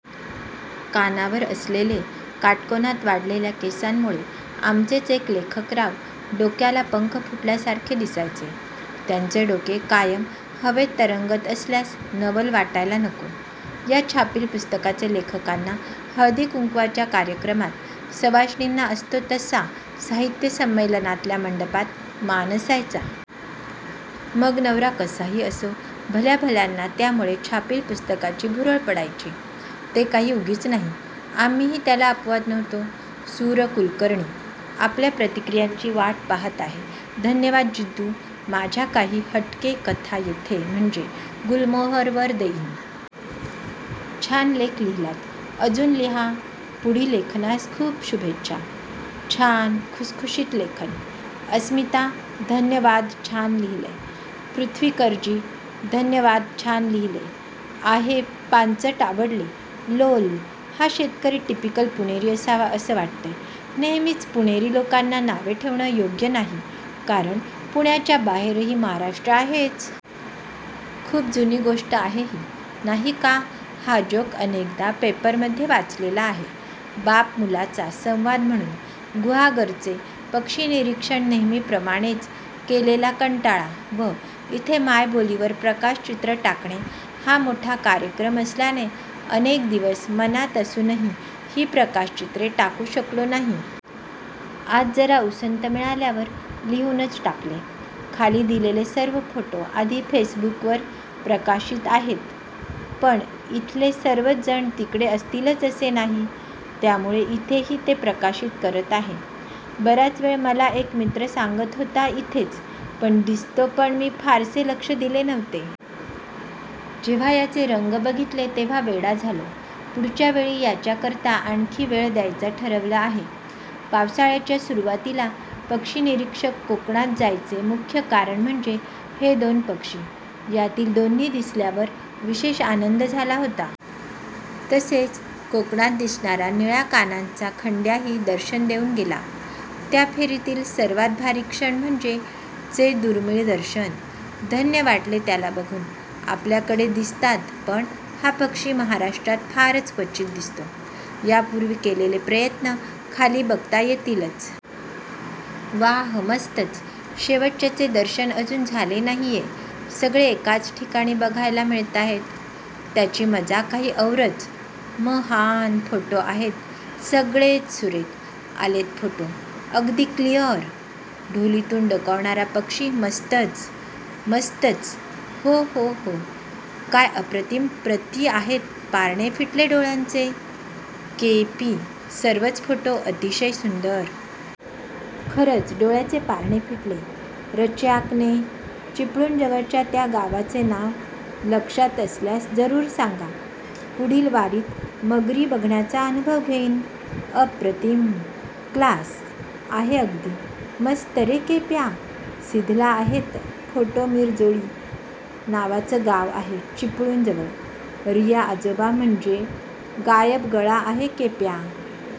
कानावर असलेले, काटकोनात वाढलेल्या केसांमुळे, आमचेच एक लेखकराव, डोक्याला पंख फुटल्या सारखे दिसायचे! त्यांचे डोके कायम हवेत तरंगत असल्यास नवल वाटायला नको! या छापील पुस्तकाचे लेखकाना, हळदी कुंकवाच्या कार्यक्रमात सवाष्णीना असतो तसा, साहित्य संमेलनातल्या मंडपात, मान असायचा. मग नवरा कसाही असो! भल्या भल्याना त्यामुळे छापील पुस्तकाची भुरळ पडायची. ते काही उगीच नाही! आम्हीही त्याला अपवाद नव्हतो. सु र कुलकर्णी. आपल्या प्रतिक्रियांची वाट पहात आहे. धन्यवाद जिद्दू. माझ्या काही 'हटके'कथा येथे म्हणजे, गुलमोहरवर देईन. छान लेख लिहिलात. अजुन लिहा.. पुढील लेखनास खूप शुभेच्छा..!! छान, खुसखुशीत लेखन! अस्मिता, धन्यवादछान लिहिलंय. पृथ्वीकरजी धन्यवादछान लिहिले आहेपांचटआवडले. लोल, हा शेतकरी टिपिकल पुणेरी असावा असं वाटंतय! नेहमीच पुणेरी लोकांना नावे ठेवणं योग्य नाहीकारण पुण्याच्या बाहेरही महाराष्ट्र आहेच. खूप जुनी गोष्ट आहे ही, नाही का? हा जोक अनेकदा पेपरमधे वाचलेला आहे. बाप-मुलाचा संवाद म्हणून. गुहागरचे पक्षीनिरीक्षणनेहेमीप्रमाणेच केलेला कंटाळा व इथे मायबोलीवर प्रकाशचित्र टाकणे हा मोठा कार्यक्रम असल्याने अनेक दिवस मनात असुनही ही प्रकाशचित्रे टाकु शकलो नाही. आज जरा उसंत मिळाल्यावर लिहुनच टाकले. खाली दिलेले सर्व फोटो आधी फेसबुकावर प्रकाशित आहेत पण इथले सर्वच जण तिकडे असतीलच असे नाही. त्यामुळे इथेही ते प्रकाशित करत आहे. बराच वेळ मला एक मित्र सांगत होता इथेच ' पण दिसतो पण मी फारसे लक्ष दिले नव्हते. जेव्हा याचे रंग बघीतले तेव्हा वेडा झालो. पुढच्या वेळी याच्याकरता आणखी वेळ द्यायच ठरवले आहे. पावसाळ्याच्या सुरुवातीला पक्षीनिरीक्षक कोकणात जायचे मुख्य कारण म्हणजे, हे दोन पक्षी. यातील दोन्ही दिसल्यावर विशेष आनंद झाला होता. तसेच कोकणार दिसणारा निळ्या कानांचा खंड्याही दर्शन देऊन गेला. त्या फेरीतील सर्वात भारी क्षण म्हणजे चे दुर्मिळ दर्शन. धन्य वाटले त्याला बघुन. आपल्याकडे दिसतात पण हा पक्षी महाराष्ट्रात फारच क्वचीत दिसतो. यापूर्वी केलेले प्रयत्न खाली बघता येतीलच. वाह मस्तच, शेवटच्याचे दर्शन अजून झाले नाहीयेहे सगळे एकाच ठिकाणी बघायला मिळताहेत त्याची मजा काही औरचम हा न फोटो आहेत सगळेचसुरेख आलेत फोटो. अगदी क्लिअर!!! ढोलीतून डोकावणारा पक्षी मस्तच. मस्तच हो हो हो काय अप्रतिम प्रचि आहेत पारणे फिटले डोळ्याचे_______/\_______केपी, सर्वच फोटो अतिशय सुंदर. खरंच डोळ्याचे पारणे फिटले. रच्याकने, चिपळूणजवळच्या त्या गावाचे नाव लक्षात असल्यास जरूर सांगा पुढील वारीत मगरी बघण्याचा अनुभव घेईन. अ प्र ति म. क्लास आहे अगदी. मस्त रे केप्या! सिधला आहेत फोटोमिरजोळी नावाचं गाव आहे चिपळूण जवळ.! रीया आजोबा म्हणजे गायबगळा आहे. केप्या..